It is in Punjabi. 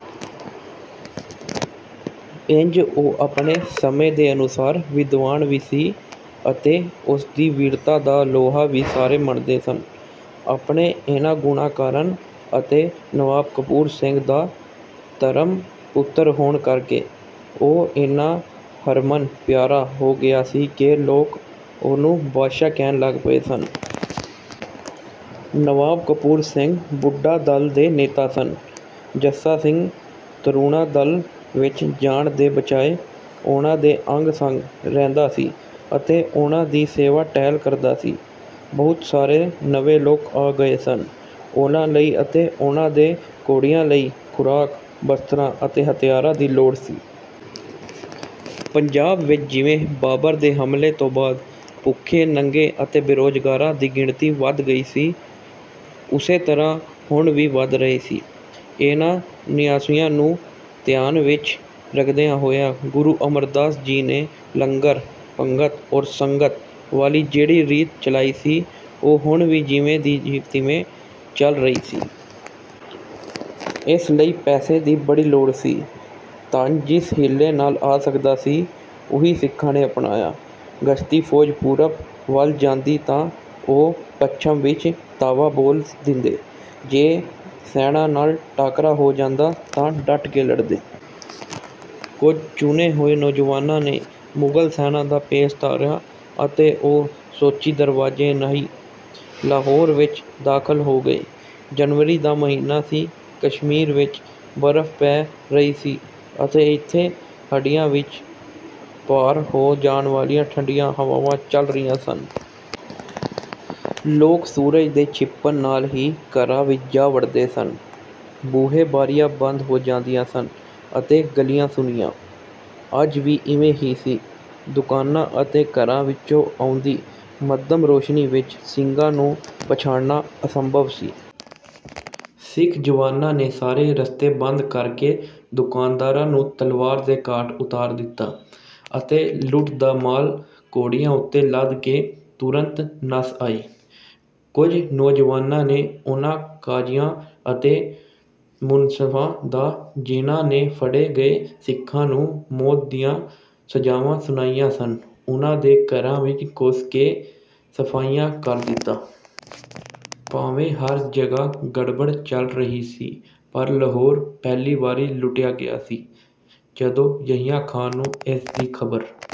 ਇੰਜ ਉਹ ਆਪਣੇ ਸਮੇਂ ਦੇ ਅਨੁਸਾਰ ਵਿਦਵਾਨ ਵੀ ਸੀ ਅਤੇ ਉਸਦੀ ਵੀਰਤਾ ਦਾ ਲੋਹਾ ਵੀ ਸਾਰੇ ਮੰਨਦੇ ਸਨ। ਆਪਣੇ ਇਹਨਾਂ ਗੁਣਾਂ ਕਾਰਨ ਅਤੇ ਨਵਾਬ ਕਪੂਰ ਸਿੰਘ ਦਾ ਧਰਮ-ਪੁੱਤਰ ਹੋਣ ਕਰਕੇ ਉਹ ਇੰਨਾ ਹਰਮਨ-ਪਿਆਰਾ ਹੋ ਗਿਆ ਸੀ ਕਿ ਲੋਕ ਉਹਨੂੰ 'ਬਾਦਸ਼ਾਹ' ਕਹਿਣ ਲੱਗ ਪਏ ਸਨ। ਨਵਾਬ ਕਪੂਰ ਸਿੰਘ ਬੁੱਢਾ-ਦਲ ਦੇ ਨੇਤਾ ਸਨ। ਜੱਸਾ ਸਿੰਘ ਤਰੁਣਾ-ਦਲ ਵਿੱਚ ਜਾਣ ਦੇ ਬਜਾਏ ਉਹਨਾਂ ਦੇ ਅੰਗ-ਸੰਗ ਰਹਿੰਦਾ ਸੀ ਅਤੇ ਉਹਨਾਂ ਦੀ ਸੇਵਾ-ਟਹਿਲ ਕਰਦਾ ਸੀ। ਬਹੁਤ ਸਾਰੇ ਨਵੇਂ ਲੋਕ ਆ ਗਏ ਸਨ। ਉਹਨਾਂ ਲਈ ਅਤੇ ਉਹਨਾਂ ਦੇ ਘੋੜਿਆਂ ਲਈ ਖੁਰਾਕ, ਬਸਤਰਾਂ ਅਤੇ ਹਥਿਆਰਾਂ ਦੀ ਲੋੜ ਸੀ। ਪੰਜਾਬ ਵਿੱਚ ਜਿਵੇਂ ਬਾਬਰ ਦੇ ਹਮਲੇ ਤੋਂ ਬਾਅਦ ਭੁੱਖੇ-ਨੰਗੇ ਅਤੇ ਬੇਰੁਜ਼ਗਾਰਾਂ ਦੀ ਗਿਣਤੀ ਵਧ ਗਈ ਸੀ ਉਸੇ ਤਰ੍ਹਾਂ ਹੁਣ ਵੀ ਵਧ ਰਹੀ ਸੀ। ਇਹਨਾਂ ਨਿਆਸਰਿਆਂ ਨੂੰ ਧਿਆਨ ਵਿੱਚ ਰੱਖਦਿਆਂ ਹੋਇਆਂ ਗੁਰੂ ਅਮਰਦਾਸ ਜੀ ਨੇ ਲੰਗਰ, ਪੰਗਤ ਔਰ ਸੰਗਤ ਵਾਲੀ ਜਿਹੜੀ ਰੀਤ ਚਲਾਈ ਸੀ ਉਹ ਹੁਣ ਵੀ ਜਿਵੇਂ ਦੀ ਤਿਵੇਂ ਚੱਲ ਰਹੀ ਸੀ। ਇਸ ਲਈ ਪੈਸੇ ਦੀ ਬੜੀ ਲੋੜ ਸੀ। ਧਨ ਜਿਸ ਹੀਲੇ ਨਾਲ ਆ ਸਕਦਾ ਸੀ ਉਹੀ ਸਿੱਖਾਂ ਨੇ ਅਪਣਾਇਆ। ਗਸ਼ਤੀ ਫੌਜ ਪੂਰਬ ਵੱਲ ਜਾਂਦੀ ਤਾਂ ਉਹ ਪੱਛਮ ਵਿੱਚ ਧਾਵਾ ਬੋਲ ਦਿੰਦੇ। ਜੇ ਸੈਨਾਂ ਨਾਲ ਟਾਕਰਾ ਹੋ ਜਾਂਦਾ ਤਾਂ ਡਟ ਕੇ ਲੜਦੇ। ਕੁਝ ਚੁਣੇ ਹੋਏ ਨੌਜਵਾਨਾਂ ਨੇ ਮੁਗਲ ਸੈਨਾਂ ਦਾ ਭੇਸ ਧਾਰਿਆ ਅਤੇ ਉਹ ਮੋਚੀ ਦਰਵਾਜ਼ੇ ਰਾਹੀਂ ਲਾਹੌਰ ਵਿੱਚ ਦਾਖਲ ਹੋ ਗਏ। ਜਨਵਰੀ ਦਾ ਮਹੀਨਾ ਸੀ। ਕਸ਼ਮੀਰ ਵਿੱਚ ਬਰਫ ਪੈ ਰਹੀ ਸੀ ਅਤੇ ਇੱਥੇ ਹੱਡੀਆਂ ਵਿੱਚ ਪਾਰ ਹੋ ਜਾਣ ਵਾਲੀਆਂ ਠੰਡੀਆਂ ਹਵਾਵਾਂ ਚੱਲ ਰਹੀਆਂ ਸਨ। ਲੋਕ ਸੂਰਜ ਦੇ ਛਿਪਣ ਨਾਲ ਹੀ ਘਰਾਂ ਵਿੱਚ ਜਾ ਵੜਦੇ ਸਨ। ਬੂਹੇ-ਬਾਰੀਆਂ ਬੰਦ ਹੋ ਜਾਂਦੀਆਂ ਸਨ ਅਤੇ ਗਲੀਆਂ ਸੁੰਨੀਆਂ। ਅੱਜ ਵੀ ਇਵੇਂ ਹੀ ਸੀ। ਦੁਕਾਨਾਂ ਅਤੇ ਘਰਾਂ ਵਿੱਚੋਂ ਆਉਂਦੀ ਮੱਧਮ ਰੌਸ਼ਨੀ ਵਿੱਚ ਸਿੰਘਾਂ ਨੂੰ ਪਛਾਣਨਾ ਅਸੰਭਵ ਸੀ। ਸਿੱਖ ਜਵਾਨਾਂ ਨੇ ਸਾਰੇ ਰਸਤੇ ਬੰਦ ਕਰਕੇ ਦੁਕਾਨਦਾਰਾਂ ਨੂੰ ਤਲਵਾਰ ਦੇ ਘਾਟ ਉਤਾਰ ਦਿੱਤਾ ਅਤੇ ਲੁੱਟ ਦਾ ਮਾਲ ਘੋੜਿਆਂ ਉੱਤੇ ਲੱਦ ਕੇ ਤੁਰੰਤ ਨੱਸ ਆਏ। ਕੁਝ ਨੌਜਵਾਨਾਂ ਨੇ ਉਹਨਾਂ ਕਾਜੀਆਂ ਅਤੇ ਮੁਨਸਫਾਂ ਦਾ ਜਿਹਨਾਂ ਨੇ ਫੜੇ ਗਏ ਸਿੱਖਾਂ ਨੂੰ ਮੌਤ ਦੀਆਂ ਸਜ਼ਾਵਾਂ ਸੁਣਾਈਆਂ ਸਨ ਉਹਨਾਂ ਦੇ ਘਰਾਂ ਵਿੱਚ ਘੁਸ ਕੇ ਸਫਾਇਆ ਕਰ ਦਿੱਤਾ। ਭਾਵੇਂ ਹਰ ਜਗ੍ਹਾ ਗੜਬੜ ਚੱਲ ਰਹੀ ਸੀ ਪਰ ਲਾਹੌਰ ਪਹਿਲੀ ਵਾਰੀ ਲੁੱਟਿਆ ਗਿਆ ਸੀ। ਜਦੋਂ ਯਹੀਆ ਖਾਂ ਨੂੰ ਇਸ ਦੀ ਖ਼ਬਰ